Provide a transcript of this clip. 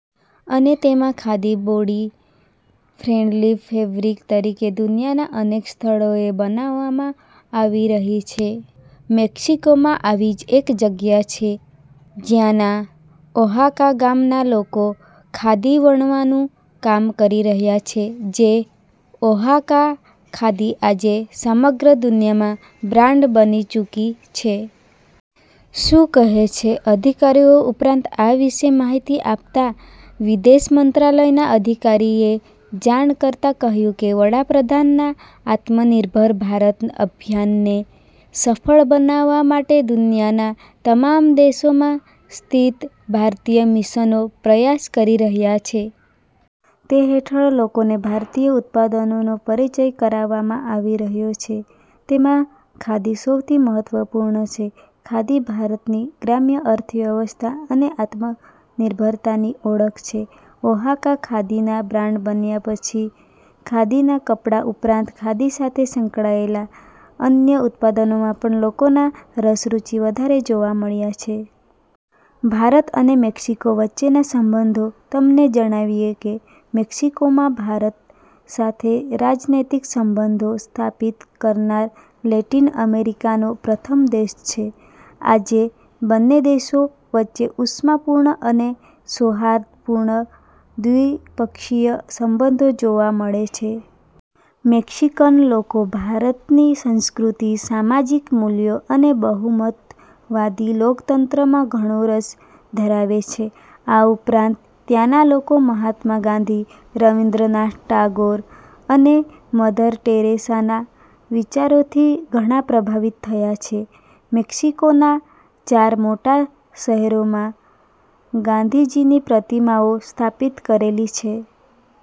અને તેમાં khadi body friendly fabric તરીકે દુનિયાના અનેક સ્થળોએ બનાવવામાં આવી રહી છે. મેક્સિકોમાં આવી જ એક જગ્યા છે જ્યાંના ઓહાકા ગામ ના લોકો ખાદી વણવાનું કામ કરી રહ્યા છે જે ઓહાકા ખાદી આજે સમગ્ર દુનિયામાં બ્રાન્ડ બની ચૂકી છે. શું કહે છે અધિકારીઓ ઉપરાંત આ વિશે માહિતી આપતા વિદેશ મંત્રાલયના અધિકારીએ જાણ કરતા કહ્યું કે, વડાપ્રધાનના આત્મનિર્ભર ભારત અભિયાનને સફળ બનાવવા માટે દુનિયાના તમામ દેશોમાં સ્થિત ભારતીય મિશનો પ્રયાસ કરી રહ્યાં છે. તે હેઠળ લોકોને ભારતીય ઉત્પાદનોનો પરિચય કરાવવામાં આવી રહ્યો છે. તેમાં ખાદી સૌથી મહત્વપૂર્ણ છે. ખાદી ભારતની ગ્રામ્ય અર્થવ્યવસ્થા અને આત્મનિર્ભરતાની ઓળખ છે. ઓહાકા ખાદીના બ્રાન્ડ બન્યા પછી ખાદીના કપડાં ઉપરાંત, ખાદી સાથે સંકળાયેલા અન્ય ઉત્પાદનોમાં પણ લોકોના રસરૂચિ વધારે જોવા મળ્યા છે. ભારત અને મેક્સિકો વચ્ચેના સંબંધો તમને જણાવીએ કે, મેક્સિકો માં ભારત સાથે રાજનૈતિક સંબંધો સ્થાપિત કરનાર લેટિન અમેરિકાનો પ્રથમ દેશ છે. આજે બંને દેશો વચ્ચે ઉષ્માપૂર્ણ અને સૌહાર્દપૂર્ણ દ્વિપક્ષીય સંબંધો જોવા મળે છે. મેક્સિકન લોકો ભારતની સંસ્કૃતિ, સામાજિક મૂલ્યો અને બહુમતવાદી લોકતંત્રમાં ઘણો રસ ધરાવે છે. આ ઉપરાંત, ત્યાંના લોકો મહાત્મા ગાંધી, રવીન્દ્રનાથ ટાગોર અને મધર ટેરેસાના વિચારોથી ઘણા પ્રભાવિત થયા છે. મેક્સિકોના ચાર મોટાં શહેરોમાં ગાંધીજીની પ્રતિમાઓ સ્થાપિત કરેલી છે.